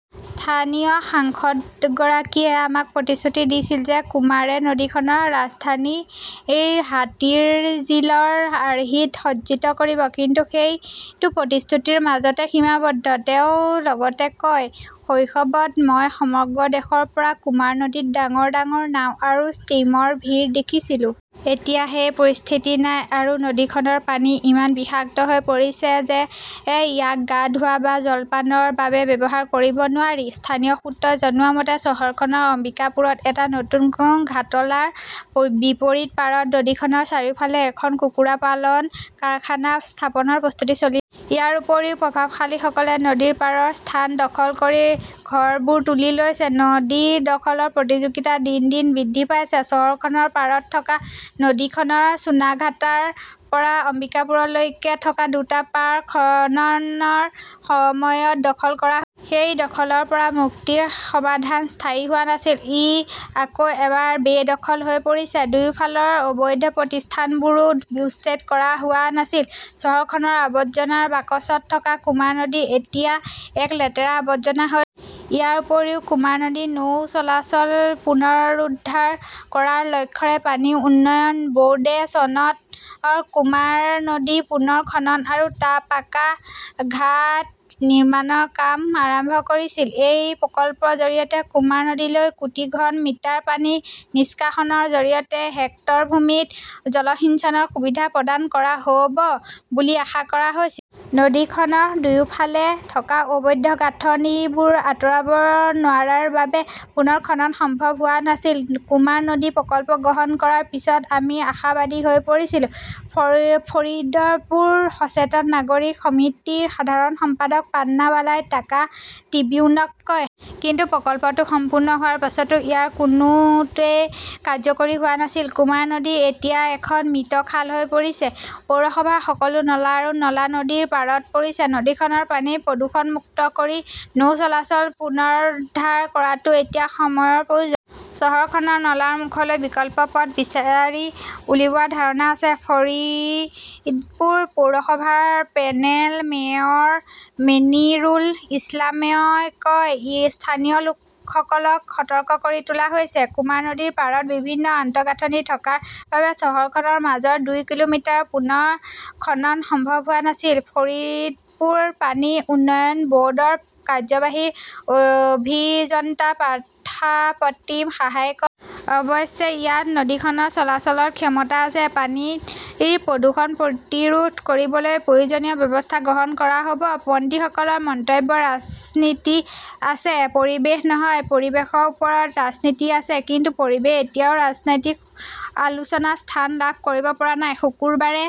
"স্থানীয় সাংসদগৰাকীয়ে আমাক প্ৰতিশ্ৰুতি দিছিল যে কুমাৰে নদীখনক ৰাজধানীৰ হাতীৰঝিলৰ আৰ্হিত সজ্জিত কৰিব। কিন্তু সেইটো প্ৰতিশ্ৰুতিৰ মাজতে সীমাবদ্ধ। "তেওঁ লগতে কয়", শৈশৱত, মই সমগ্ৰ দেশৰ পৰা কুমাৰ নদীত ডাঙৰ ডাঙৰ নাও আৰু ষ্টীমৰ ভিৰ দেখিছিলোঁ। এতিয়া সেই পৰিস্থিতি নাই। আৰু নদীখনৰ পানী ইমান বিষাক্ত হৈ পৰিছে যে ইয়াক গা ধোৱা বা জলপানৰ বাবে ব্যৱহাৰ কৰিব নোৱাৰি। "স্থানীয় সূত্ৰই জনোৱা মতে, চহৰখনৰ অম্বিকাপুৰত এটা নতুন ঘাটলাৰ বিপৰীত পাৰত নদীখনৰ চাৰিওফালে এখন কুকুৰা পালন কাৰখানা স্থাপনৰ প্ৰস্তুতি চলি আছে। ইয়াৰ উপৰিও, প্ৰভাৱশালীসকলে নদীৰ পাৰৰ স্থান দখল কৰি ঘৰবোৰ তুলি লৈছে। নদী দখলৰ প্ৰতিযোগিতা দিন দিন বৃদ্ধি পাইছে। চহৰখনৰ পাৰত থকা নদীখনৰ চুনাঘাটাৰ পৰা অম্বিকাপুৰলৈকে থকা দুটা পাৰ খননৰ সময়ত দখল কৰা হৈছিল। সেই দখলৰ পৰা মুক্তিৰ সমাধান স্থায়ী হোৱা নাছিল। ই আকৌ এবাৰ বেদখল হৈ পৰিছে। দুয়োফালৰ অবৈধ প্ৰতিষ্ঠানবোৰো উচ্ছেদ কৰা হোৱা নাছিল। চহৰখনৰ আৱৰ্জনাৰ বাকচত থকা কুমাৰ নদী এতিয়া এক লেতেৰা আৱৰ্জনা হৈ পৰিছে। ইয়াৰ উপৰিও, কুমাৰ নদীৰ নৌ চলাচল পুনৰুদ্ধাৰ কৰাৰ লক্ষ্যৰে পানী উন্নয়ন বোৰ্ডে চনত কুমাৰ নদী পুনৰ খনন আৰু টা পাকা ঘাট নিৰ্মাণৰ কাম আৰম্ভ কৰিছিল। এই প্ৰকল্পৰ জৰিয়তে কুমাৰ নদীলৈ কোটি ঘন মিটাৰ পানী নিষ্কাশনৰ জৰিয়তে হেক্টৰ ভূমিত জলসিঞ্চনৰ সুবিধা প্ৰদান কৰা হ "ব বুলি আশা কৰা হৈছিল। নদীখনৰ দুয়োফালে থকা অবৈধ গাঁথনিবোৰ আঁতৰাব নোৱাৰাৰ বাবে পুনৰ খনন সম্ভৱ হোৱা নাছিল। "কুমাৰ নদী প্ৰকল্প গ্ৰহণ কৰাৰ পিছত আমি আশাবাদী হৈ পৰিছিলো", ফৰিদপুৰ সচেতন নাগৰিক সমিতিৰ সাধাৰণ সম্পাদক পান্না বালাই ঢাকা ট্ৰিবিউনক কয়। কিন্তু প্ৰকল্পটো সম্পূৰ্ণ হোৱাৰ পিছতো ইয়াৰ কোনোটোৱেই কাৰ্যকৰী হোৱা নাছিল। কুমাৰ নদী এতিয়া এখন মৃত খাল হৈ পৰিছে। পৌৰসভাৰ সকলো নলা আৰু নলা নদীৰ পাৰত পৰিছে। নদীখনৰ পানী প্ৰদূষণমুক্ত কৰি নৌ চলাচল পুনৰুদ্ধাৰ কৰাটো এতিয়া সময়ৰ প্ৰয়োজন। "চহৰখনৰ নলাৰ মুখলৈ বিকল্প পথ বিচাৰি উলিওৱাৰ ধাৰণা আছে", ফৰিদপুৰ পৌৰসভাৰ পেনেল মেয়ৰ মনিৰুল ইছলামই কয়। স্থানীয় লোকসকলক সতৰ্ক কৰি তোলা হৈছে। "কুমাৰ নদীৰ পাৰত বিভিন্ন আন্তঃগাঁথনি থকাৰ বাবে চহৰখনৰ মাজৰ দুই কিলোমিটাৰ পুনৰ খনন সম্ভৱ হোৱা নাছিল", ফৰিদপুৰ পানী উন্নয়ন ব "ৰ্ডৰ কাৰ্যবাহী অভিযন্তা পাৰ্থা প্ৰতিম সাহাই কয়। অৱশ্যে, ইয়াত নদীখনৰ চলাচলৰ ক্ষমতা আছে। পানীৰ প্ৰদূষণ প্ৰতিৰোধ কৰিবলৈ প্ৰয়োজনীয় ব্যৱস্থা গ্ৰহণ কৰা হ "ব। "। "মন্ত্ৰীসকলৰ মন্তব্যত ৰাজনীতি আছে, পৰিৱেশ নহয়! "। পৰিৱেশৰ ওপৰত ৰাজনীতি আছে। কিন্তু পৰিৱেশ এতিয়াও ৰাজনৈতিক আলোচনাত স্থান লাভ কৰিব পৰা নাই। শুকুৰবাৰে